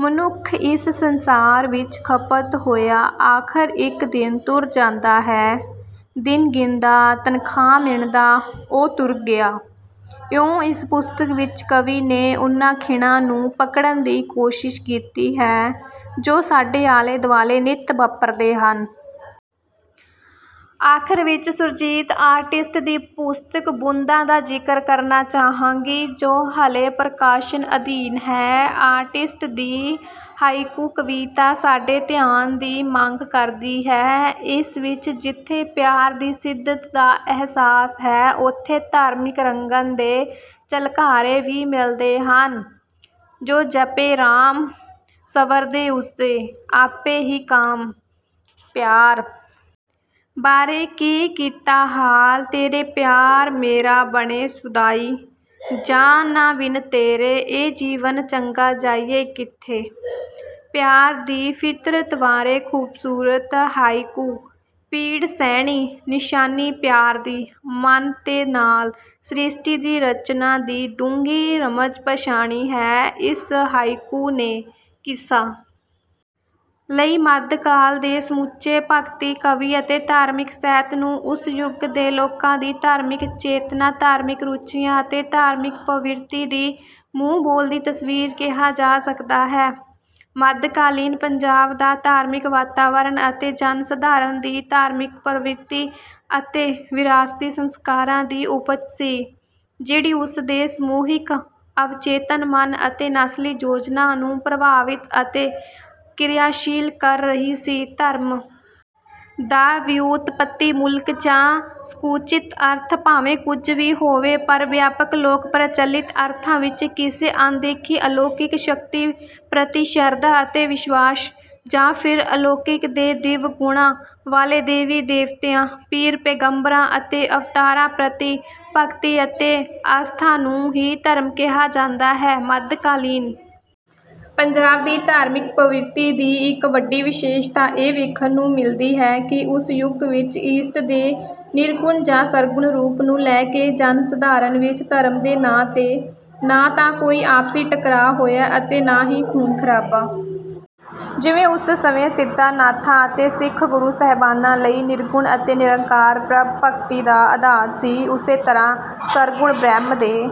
ਮਨੁੱਖ ਇਸ ਸੰਸਾਰ ਵਿੱਚ ਖ਼ਪਤ ਹੋਇਆ ਆਖ਼ਰ ਇੱਕ ਦਿਨ ਤੁਰ ਜਾਂਦਾ ਹੈ: "ਦਿਨ ਗਿਣਦਾ, ਤਨਖਾਹ ਮਿਣਦਾ, ਉਹ ਤੁਰ ਗਿਆ।"ਇਉਂ ਇਸ ਪੁਸਤਕ ਵਿੱਚ ਕਵੀ ਨੇ ਉਨ੍ਹਾਂ ਖਿਣਾਂ ਨੂੰ ਪਕੜਨ ਦੀ ਕੋਸ਼ਿਸ਼ ਕੀਤੀ ਹੈ ਜੋ ਸਾਡੇ ਆਲੇ-ਦੁਆਲੇ ਨਿੱਤ ਵਾਪਰਦੇ ਹਨ। ਆਖ਼ਰ ਵਿੱਚ ਸੁਰਜੀਤ ਆਰਟਿਸਟ ਦੀ ਪੁਸਤਕ 'ਬੂੰਦਾਂ' ਦਾ ਜ਼ਿਕਰ ਕਰਨਾ ਚਾਹਾਂਗੀ, ਜੋ ਹਾਲੇ ਪ੍ਰਕਾਸ਼ਨ ਅਧੀਨ ਹੈ। ਆਰਟਿਸਟ ਦੀ ਹਾਇਕੂ ਕਵਿਤਾ ਸਾਡੇ ਧਿਆਨ ਦੀ ਮੰਗ ਕਰਦੀ ਹੈ। ਇਸ ਵਿੱਚ ਜਿੱਥੇ ਪਿਆਰ ਦੀ ਸ਼ਿੱਦਤ ਦਾ ਅਹਿਸਾਸ ਹੈ, ਉੱਥੇ ਧਾਰਮਿਕ ਰੰਗਣ ਦੇ ਝਲਕਾਰੇ ਵੀ ਮਿਲਦੇ ਹਨ:"ਜੋ ਜਪੇ ਰਾਮ, ਸੰਵਰਦੇ ਉਸਦੇ, ਆਪੇ ਹੀ ਕਾਮ।"ਪਿਆਰ ਬਾਰੇ:"ਕੀ ਕੀਤਾ ਹਾਲ? ਤੇਰੇ ਪਿਆਰ ਮੇਰਾ, ਬਣੇ ਸ਼ੁਦਾਈ।""ਜਾਂ ਨਾ ਬਿਨ ਤੇਰੇ, ਇਹ ਜੀਵਨ ਚੰਗਾ, ਜਾਈਏ ਕਿੱਥੇ? ਪਿਆਰ ਦੀ ਫ਼ਿਤਰਤ ਬਾਰੇ ਖੂਬਸੂਰਤ ਹਾਇਕੂ:"ਪੀੜ ਸਹਿਣੀ, ਨਿਸ਼ਾਨੀ ਪਿਆਰ ਦੀ, ਮਨ ਦੇ ਨਾਲ।"ਸ਼੍ਰਿਸ਼ਟੀ ਦੀ ਰਚਨਾ ਦੀ ਡੂੰਘੀ ਰਮਜ਼ ਪਛਾਣੀ ਹੈ ਇਸ ਹਾਇਕੂ ਨੇ। ਕਿੱਸਾ ਲਈ ਮੱਧ ਕਾਲ ਦੇ ਸਮੁੱਚੇ ਭਗਤੀ ਕਾਵਿ ਅਤੇ ਧਾਰਮਿਕ ਸਾਹਿਤ ਨੂੰ ਉਸ ਯੁੱਗ ਦੇ ਲੋਕਾਂ ਦੀ ਧਾਰਮਿਕ ਚੇਤਨਾ, ਧਾਰਮਿਕ ਰੁਚੀਆਂ ਅਤੇ ਧਾਰਮਿਕ ਪ੍ਰਵਿਰਤੀ ਦੀ ਮੂੰਹ-ਬੋਲਦੀ ਤਸਵੀਰ ਕਿਹਾ ਜਾ ਸਕਦਾ ਹੈ। ਮੱਧਕਾਲੀਨ ਪੰਜਾਬ ਦਾ ਧਾਰਮਿਕ ਵਾਤਾਵਰਨ ਅਤੇ ਜਨ-ਸਾਧਾਰਨ ਦੀ ਧਾਰਮਿਕ ਪ੍ਰਵਿਰਤੀ ਅਜਿਹੇ ਵਿਰਾਸਤੀ ਸੰਸਕਾਰਾਂ ਦੀ ਉਪਜ ਸੀ, ਜਿਹੜੀ ਉਸ ਦੇ ਸਮੂਹਿਕ ਅਵਚੇਤਨ ਮਨ ਅਤੇ ਨਸਲੀ ਯੋਜਨਾ ਨੂੰ ਪ੍ਰਭਾਵਿਤ ਅਤੇ ਕ੍ਰਿਆਸ਼ੀਲ ਕਰ ਰਹੀ ਸੀ। ਧਰਮ ਦਾ ਵਿਉਤਪੱਤੀਮੂਲਕ ਜਾਂ ਸੰਕੁਚਿਤ ਅਰਥ ਭਾਵੇਂ ਕੁਝ ਵੀ ਹੋਵੇ, ਪਰ ਵਿਆਪਕ ਲੋਕ-ਪ੍ਰਚਲਿਤ ਅਰਥਾਂ ਵਿੱਚ ਕਿਸੇ ਅਣਦੇਖੀ ਅਲੌਕਿਕ ਸ਼ਕਤੀ ਪ੍ਰਤੀ ਸ਼ਰਧਾ ਅਤੇ ਵਿਸ਼ਵਾਸ, ਜਾਂ ਫਿਰ ਅਲੌਕਿਕ ਤੇ ਦਿਵ ਗੁਣਾਂ ਵਾਲੇ ਦੇਵੀ-ਦੇਵਤਿਆਂ, ਪੀਰ-ਪੈਗੰਬਰਾਂ ਅਤੇ ਅਵਤਾਰਾਂ ਪ੍ਰਤੀ ਭਗਤੀ ਅਤੇ ਆਸਥਾ ਨੂੰ ਹੀ ਧਰਮ ਕਿਹਾ ਜਾਂਦਾ ਹੈ। ਮੱਧਕਾਲੀਨ ਪੰਜਾਬ ਦੀ ਧਾਰਮਿਕ ਪ੍ਰਵਿਰਤੀ ਦੀ ਇੱਕ ਵੱਡੀ ਵਿਸ਼ੇਸ਼ਤਾ ਇਹ ਵੇਖਣ ਨੂੰ ਮਿਲਦੀ ਹੈ ਕਿ ਉਸ ਯੁੱਗ ਵਿੱਚ ਇਸ਼ਟ ਦੇ ਨਿਰਗੁਣ ਜਾਂ ਸਰਗੁਣ ਰੂਪ ਨੂੰ ਲੈ ਕੇ ਜਨ-ਸਾਧਾਰਨ ਵਿੱਚ ਧਰਮ ਦੇ ਨਾਂ 'ਤੇ ਨਾ ਤਾਂ ਕੋਈ ਆਪਸੀ ਟਕਰਾਅ ਹੋਇਆ ਅਤੇ ਨਾ ਹੀ ਖ਼ੂਨ-ਖ਼ਰਾਬਾ। ਜਿਵੇਂ ਉਸ ਸਮੇਂ ਸਿੱਧਾਂ-ਨਾਥਾਂ ਅਤੇ ਸਿੱਖ ਗੁਰੂ ਸਾਹਿਬਾਨਾਂ ਲਈ ਨਿਰਗੁਣ ਅਤੇ ਨਿਰਾਕਾਰ ਬ੍ਰਹਮ ਭਗਤੀ ਦਾ ਅਧਾਰ ਸੀ, ਉਸੇ ਤਰ੍ਹਾਂ ਸਰਗੁਣ ਬ੍ਰਹਮ ਦੇ..